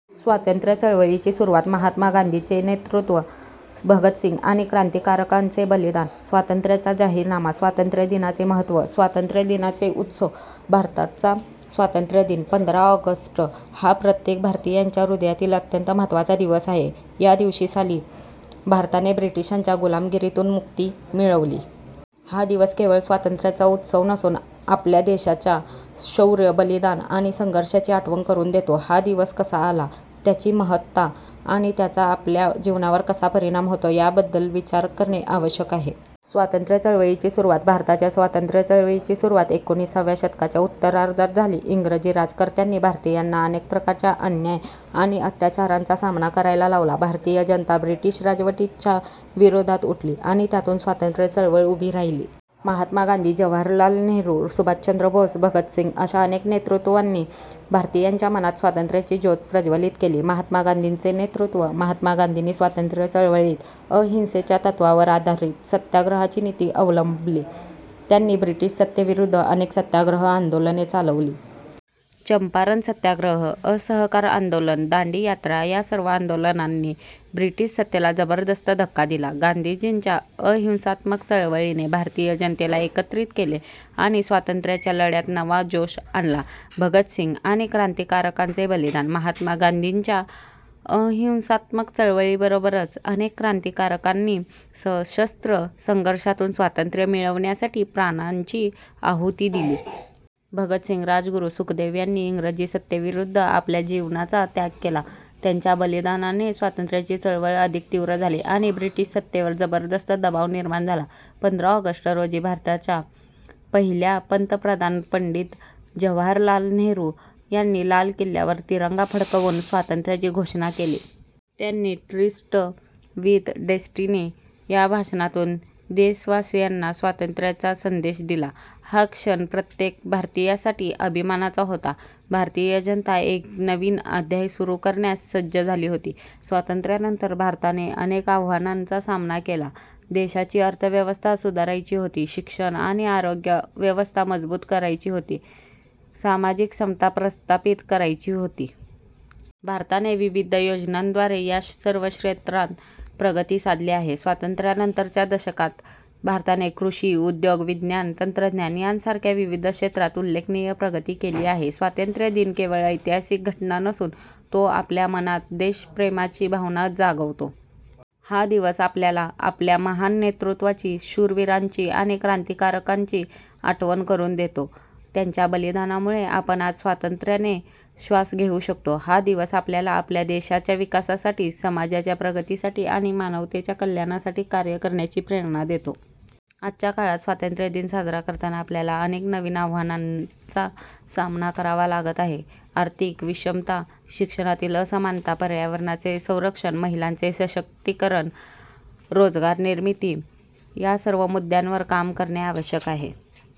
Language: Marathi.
स्वातंत्र्य चळवळीची सुरुवात, महात्मा गांधींचे नेतृत्व, भगतसिंग आणि क्रांतिकारकांचे बलिदान, स्वातंत्र्याचा जाहीरनामा, स्वातंत्र्य दिनाचे महत्त्व, स्वातंत्र्य दिनाचे उत्सव. भारताचा स्वातंत्र्य दिन, पंधरा ऑगस्ट, हा प्रत्येक भारतीयांच्या हृदयातील अत्यंत महत्त्वाचा दिवस आहे. या दिवशी साली भारताने ब्रिटिशांच्या गुलामगिरीतून मुक्ती मिळवली. हा दिवस केवळ स्वातंत्र्याचा उत्सव नसून आपल्या देशाच्या शौर्य, बलिदान आणि संघर्षाची आठवण करून देतो. हा दिवस कसा आला, त्याची महत्ता आणि त्याचा आपल्या जीवनावर कसा परिणाम होतो, याबद्दल विचार करणे आवश्यक आहे. स्वातंत्र्य चळवळीची सुरुवात. भारताच्या स्वातंत्र्य चळवळीची सुरुवात एकोणिसाव्या शतकाच्या उत्तरार्धात झाली. इंग्रजी राज्यकर्त्यांनी भारतीयांना अनेक प्रकारच्या अन्याय आणि अत्याचारांचा सामना करायला लावला. भारतीय जनता ब्रिटिश राजवटीच्या विरोधात उठली आणि त्यातून स्वातंत्र्य चळवळ उभी राहिली. महात्मा गांधी, जवाहरलाल नेहरू, सुभाषचंद्र बोस, भगतसिंग अशा अनेक नेतृत्वांनी भारतीयांच्या मनात स्वातंत्र्याची ज्योत प्रज्वलित केली. महात्मा गांधींचे नेतृत्व. महात्मा गांधींनी स्वातंत्र्य चळवळीत अहिंसेच्या तत्त्वावर आधारित सत्याग्रहाची नीती अवलंबली. त्यांनी ब्रिटिश सत्तेविरुद्ध अनेक सत्याग्रह आंदोलने चालवली. चंपारण सत्याग्रह, असहकार आंदोलन, दांडी यात्रा या सर्व आंदोलनांनी ब्रिटिश सत्तेला जबरदस्त धक्का दिला. गांधीजींच्या अहिंसात्मक चळवळीने भारतीय जनतेला एकत्रित केले आणि स्वातंत्र्याच्या लढ्यात नवा जोश आणला. भगतसिंग आणि क्रांतिकारकांचे बलिदान. महात्मा गांधींच्या अहिंसात्मक चळवळीबरोबरच अनेक क्रांतिकारकांनी सशस्त्र संघर्षातून स्वातंत्र्य मिळवण्यासाठी प्राणांची आहुती दिली. भगतसिंग, राजगुरू, सुखदेव यांनी इंग्रजी सत्तेविरुद्ध आपल्या जीवनाचा त्याग केला. त्यांच्या बलिदानाने स्वातंत्र्याची चळवळ अधिक तीव्र झाली आणि ब्रिटिश सत्तेवर जबरदस्त दबाव निर्माण झाला. पंधरा ऑगस्ट रोजी भारताच्या पहिल्या पंतप्रधान पंडित जवाहरलाल नेहरू यांनी लाल किल्ल्यावर तिरंगा फडकवून स्वातंत्र्याची घोषणा केली. त्यांनी ट्रिस्ट विथ डेस्टिनी या भाषणातून देशवासीयांना स्वातंत्र्याचा संदेश दिला. हा क्षण प्रत्येक भारतीयासाठी अभिमानाचा होता. भारतीय जनता एक नवीन अध्याय सुरू करण्यास सज्ज झाली होती. स्वातंत्र्यानंतर भारताने अनेक आव्हानांचा सामना केला. देशाची अर्थव्यवस्था सुधारायची होती, शिक्षण आणि आरोग्य व्यवस्था मजबूत करायची होती, सामाजिक समता प्रस्थापित करायची होती. भारताने विविध योजनांद्वारे या सर्व क्षेत्रात प्रगती साधली आहे. स्वातंत्र्यानंतरच्या दशकांत भारताने कृषी, उद्योग, विज्ञान तंत्रज्ञान यासारख्या विविध क्षेत्रात उल्लेखनीय प्रगती केली आहे. स्वातंत्र्य दिन केवळ ऐतिहासिक घटना नसून तो आपल्या मनात देशप्रेमाची भावना जागवतो. हा दिवस आपल्याला आपल्या महान नेतृत्वाची, शूरवीरांची आणि क्रांतिकारकांची आठवण करून देतो. त्यांच्या बलिदानामुळे आपण आज स्वातंत्र्याने श्वास घेऊ शकतो. हा दिवस आपल्याला आपल्या देशाच्या विकासासाठी, समाजाच्या प्रगतीसाठी आणि मानवतेच्या कल्याणासाठी कार्य करण्याची प्रेरणा देतो. आजच्या काळात स्वातंत्र्य दिन साजरा करताना आपल्याला अनेक नवीन आव्हानांचा सामना करावा लागत आहे. आर्थिक विषमता, शिक्षणातील असमानता, पर्यावरणाचे संरक्षण, महिलांचे सशक्तीकरण, रोजगार निर्मिती या सर्व मुद्द्यांवर काम करणे आवश्यक आहे.